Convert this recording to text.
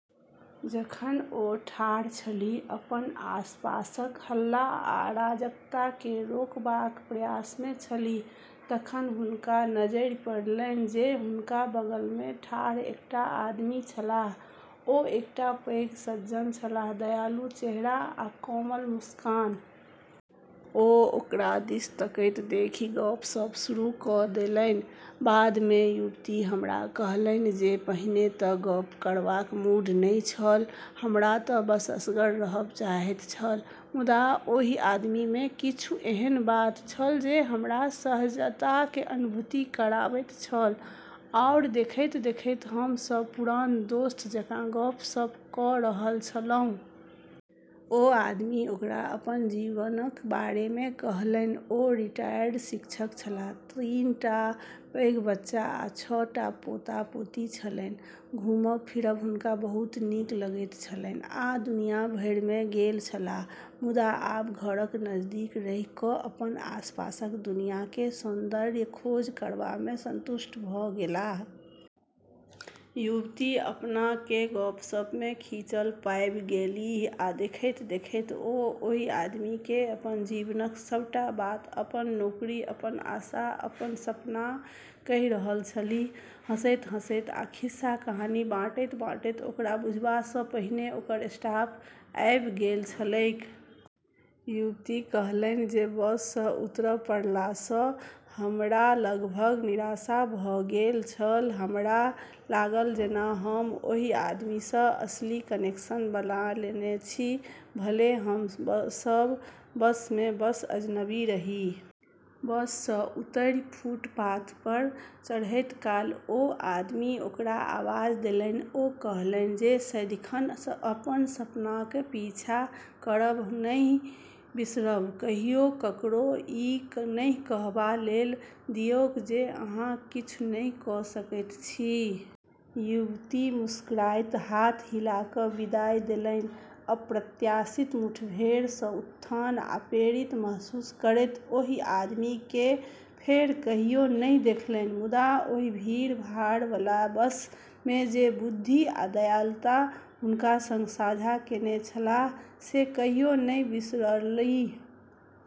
जखन ओ ठाढ़ छलीह, अपन आसपासक हल्ला आ अराजकता केँ रोकबाक प्रयास मे छलीह, तखन हुनका नजरि पड़लैन जे हुनका बगल मे ठाढ़ एकटा आदमी छलाह। ओ एकटा पैघ सज्जन छलाह, दयालु चेहरा आ कोमल मुस्कान। ओ ओकरा दिस तकैत देखि गप्प-सप्प शुरू कऽ देलनि। बाद मे युवती हमरा कहलनि जे, पहिने तँ गप्प करबाक मूड नहि छल। "हमरा तँ बस असगर रहब चाहैत छल। मुदा ओहि आदमी मे किछु एहन बात छल जे हमरा सहजताक अनुभूति कराबैत छल, आओर देखैत-देखैत हम सभ पुरान दोस्त जकाँ गप्प-सप्प कऽ रहल छलहुँ।" ओ आदमी ओकरा अपन जीवनक बारे मे कहलनि- ओ रिटायर्ड शिक्षक छलाह, तीन टा पैघ बच्चा आ छह टा पोता-पोती छलेन। घुमब-फिरब हुनका बहुत नीक लगैत छलैन आ दुनिया भरि मे गेल छलाह, मुदा आब घरक नजदीक रहि कऽ अपन आसपासक दुनियाक सौन्दर्यक खोज करबा मे संतुष्ट भऽ गेलाह। युवती अपना केँ गप्प-सप्प मे खींचल पाबि गेलीह, आ देखैत-देखैत ओ ओहि आदमी केँ अपन जीवनक सबटा बात- अपन नौकरी, अपन आशा, अपन सपना कहि रहल छलीह। हँसैत-हँसैत आ खिस्सा-कहानी बाँटैत-बाँटैत, ओकरा बुझबा सँ पहिने ओकर स्टॉप आबि गेल छलैक। युवती कहलनि जे, बस सँ उतरब पड़ला सँ हमरा लगभग निराशा भऽ गेल छल। "हमरा लागल जेना हम ओहि आदमी सँ असली कनेक्शन बना लेने छी, भले हम सभ बस मे बस अजनबी रही।" बस सँ उतरि फुटपाथ पर चढ़ैत काल ओ आदमी ओकरा आवाज देलनि। ओ कहलनि जे, सदिखन अपन सपनाक पीछा करब नहि बिसरब। "कहियो ककरो ई नहि कहबा लेल दियौक जे अहाँ किछु नहि कऽ सकैत छी।" युवती मुस्कुराइत हाथ हिला कऽ विदाई देलनि, अप्रत्याशित मुठभेड़ सँ उत्थान आ प्रेरित महसूस करैत। ओहि आदमी केँ फेर कहियो नहि देखलनि, मुदा ओहि भीड़-भाड़बला बस मे जे बुद्धि आ दयालुता हुनका सँग साझा केने छलाह से कहियो नहि बिसरलीह।